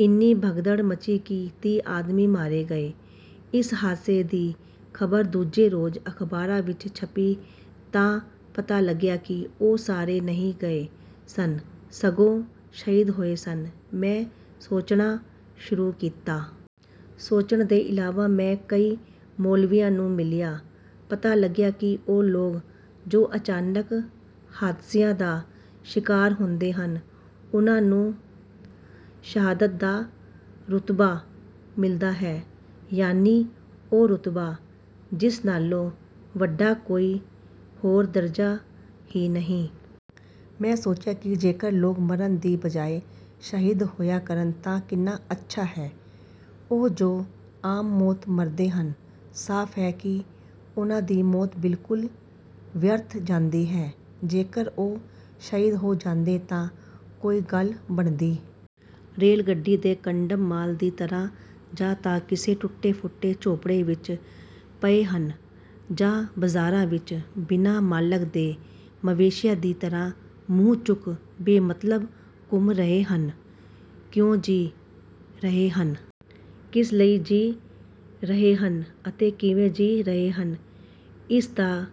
ਇੰਨੀ ਭਗਦੜ ਮੱਚੀ ਕਿ ਤੀਹ ਆਦਮੀ ਮਾਰੇ ਗਏ। ਇਸ ਹਾਦਸੇ ਦੀ ਖ਼ਬਰ ਦੂਜੇ ਰੋਜ਼ ਅਖ਼ਬਾਰਾਂ ਵਿੱਚ ਛਪੀ ਤਾਂ ਪਤਾ ਲੱਗਿਆ ਕਿ ਉਹ ਮਾਰੇ ਨਹੀਂ ਗਏ ਸਨ, ਸਗੋਂ ਸ਼ਹੀਦ ਹੋਏ ਸਨ। ਮੈਂ ਸੋਚਣਾ ਸ਼ੁਰੂ ਕੀਤਾ। ਸੋਚਣ ਦੇ ਇਲਾਵਾ ਮੈਂ ਕਈ ਮੌਲਵੀਆਂ ਨੂੰ ਮਿਲਿਆ। ਪਤਾ ਲੱਗਿਆ ਕਿ ਉਹ ਲੋਕ, ਜੋ ਅਚਾਨਕ ਹਾਦਸਿਆਂ ਦਾ ਸ਼ਿਕਾਰ ਹੁੰਦੇ ਹਨ, ਉਨ੍ਹਾਂ ਨੂੰ ਸ਼ਹਾਦਤ ਦਾ ਰੁਤਬਾ ਮਿਲਦਾ ਹੈ। ਯਾਨੀ ਉਹ ਰੁਤਬਾ, ਜਿਸ ਨਾਲੋਂ ਵੱਡਾ ਕੋਈ ਹੋਰ ਦਰਜਾ ਹੀ ਨਹੀਂ। ਮੈਂ ਸੋਚਿਆ ਕਿ ਜੇਕਰ ਲੋਕ ਮਰਨ ਦੀ ਬਜਾਏ ਸ਼ਹੀਦ ਹੋਇਆ ਕਰਨ ਤਾਂ ਕਿੰਨਾ ਅੱਛਾ ਹੈ। ਉਹ ਜੋ ਆਮ ਮੌਤ ਮਰਦੇ ਹਨ। ਸਾਫ਼ ਹੈ ਕਿ ਉਨ੍ਹਾਂ ਦੀ ਮੌਤ ਬਿਲਕੁਲ ਵਿਅਰਥ ਜਾਂਦੀ ਹੈ। ਜੇਕਰ ਉਹ ਸ਼ਹੀਦ ਹੋ ਜਾਂਦੇ ਤਾਂ ਕੋਈ ਗੱਲ ਬਣਦੀ। ਰੇਲ-ਗੱਡੀ ਦੇ ਕੰਡਮ ਮਾਲ ਦੀ ਤਰ੍ਹਾਂ ਜਾਂ ਤਾਂ ਕਿਸੇ ਟੁੱਟੇ-ਫੁੱਟੇ ਝੋਂਪੜੇ ਵਿੱਚ ਪਏ ਹਨ ਜਾਂ ਬਜ਼ਾਰਾਂ ਵਿੱਚ ਬਿਨਾਂ ਮਾਲਕ ਦੇ ਮਵੇਸ਼ੀਆਂ ਦੀ ਤਰ੍ਹਾਂ ਮੂੰਹ ਚੁੱਕ ਬੇਮਤਲਬ ਘੁੰਮ ਰਹੇ ਹਨ। ਕਿਉਂ ਜੀ ਰਹੇ ਹਨ? ਕਿਸ ਲਈ ਜੀ ਰਹੇ ਹਨ ਅਤੇ ਕਿਵੇਂ ਜੀ ਰਹੇ ਹਨ? ਇਸ ਦਾ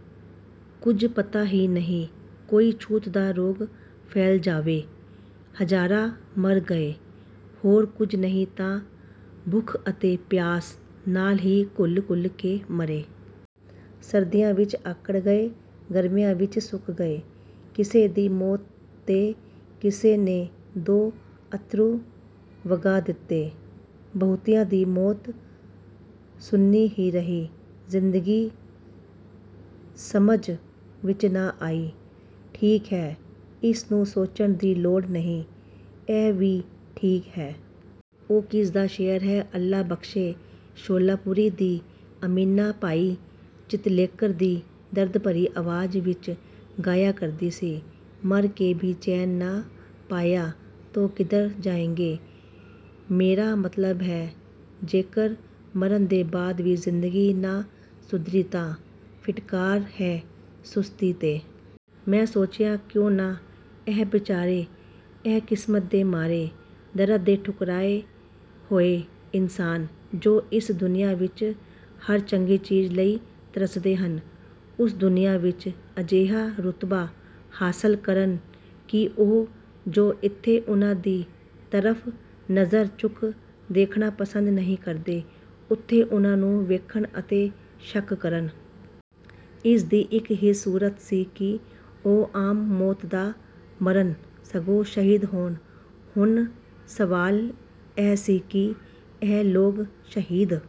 ਕੁਝ ਪਤਾ ਹੀ ਨਹੀਂ। ਕੋਈ ਛੂਤ ਦਾ ਰੋਗ ਫੈਲ ਜਾਵੇ। ਹਜ਼ਾਰਾਂ ਮਰ ਗਏ। ਹੋਰ ਕੁਝ ਨਹੀਂ ਤਾਂ ਭੁੱਖ ਅਤੇ ਪਿਆਸ ਨਾਲ ਹੀ ਘੁਲ-ਘੁਲ ਕੇ ਮਰੇ। ਸਰਦੀਆਂ ਵਿੱਚ ਆਕੜ ਗਏ, ਗਰਮੀਆਂ ਵਿੱਚ ਸੁੱਕ ਗਏ। ਕਿਸੇ ਦੀ ਮੌਤ ਤੇ ਕਿਸੇ ਨੇ ਦੋ ਅੱਥਰੂ ਵਗਾ ਦਿੱਤੇ। ਬਹੁਤਿਆਂ ਦੀ ਮੌਤ ਸੁੰਨੀ ਹੀ ਰਹੀ। ਜ਼ਿੰਦਗੀ ਸਮਝ ਵਿੱਚ ਨਾ ਆਈ, ਠੀਕ ਹੈ। ਇਸ ਨੂੰ ਸੋਚਣ ਦੀ ਲੋੜ ਨਹੀਂ, ਇਹ ਵੀ ਠੀਕ ਹੈ। ਉਹ ਕਿਸ ਦਾ ਸ਼ੇਅਰ ਹੈ। ਅੱਲਾ ਬਖ਼ਸ਼ੇ ਸ਼ੋਲਾਪੁਰੀ ਦੀ ਅਮੀਨਾ ਬਾਈ ਚਿਤਲੇਕਰ ਦੀ ਦਰਦ-ਭਰੀ ਆਵਾਜ਼ ਵਿੱਚ ਗਾਇਆ ਕਰਦੀ ਸੀ, "ਮਰ ਕੇ ਭੀ ਚੈਨ ਨਾ ਪਾਇਆ ਤੋ ਕਿਧਰ ਜਾਏਗੇ।" ਮੇਰਾ ਮਤਲਬ ਹੈ, ਜੇਕਰ ਮਰਨ ਦੇ ਬਾਅਦ ਵੀ ਜ਼ਿੰਦਗੀ ਨਾ ਸੁਧਰੀ ਤਾਂ ਫਿਟਕਾਰ ਹੈ ਸੁਸਰੀ ਤੇ। ਮੈਂ ਸੋਚਿਆ, ਕਿਉਂ ਨਾ ਇਹ ਬੇਚਾਰੇ, ਇਹ ਕਿਸਮਤ ਦੇ ਮਾਰੇ, ਦਰਦ ਦੇ ਠੁਕਰਾਏ ਹੋਏ ਇਨਸਾਨ, ਜੋ ਇਸ ਦੁਨੀਆ ਵਿੱਚ ਹਰ ਚੰਗੀ ਚੀਜ਼ ਲਈ ਤਰਸਦੇ ਹਨ, ਉਸ ਦੁਨੀਆ ਵਿੱਚ ਅਜਿਹਾ ਰੁਤਬਾ ਹਾਸਲ ਕਰਨ ਕਿ ਉਹ, ਜੋ ਇੱਥੇ ਉਨ੍ਹਾਂ ਦੀ ਤਰਫ਼ ਨਜ਼ਰ ਚੁੱਕ ਦੇਖਣਾ ਪਸੰਦ ਨਹੀਂ ਕਰਦੇ, ਉੱਥੇ ਉਨ੍ਹਾਂ ਨੂੰ ਵੇਖਣ ਅਤੇ ਸ਼ਕ ਕਰਨ। ਇਸ ਦੀ ਇੱਕ ਹੀ ਸੂਰਤ ਸੀ ਕਿ ਉਹ ਆਮ ਮੌਤ ਨਾ ਮਰਨ, ਸਗੋਂ ਸ਼ਹੀਦ ਹੋਣ। ਹੁਣ ਸਵਾਲ ਇਹ ਸੀ ਕਿ ਇਹ ਲੋਕ ਸ਼ਹੀਦ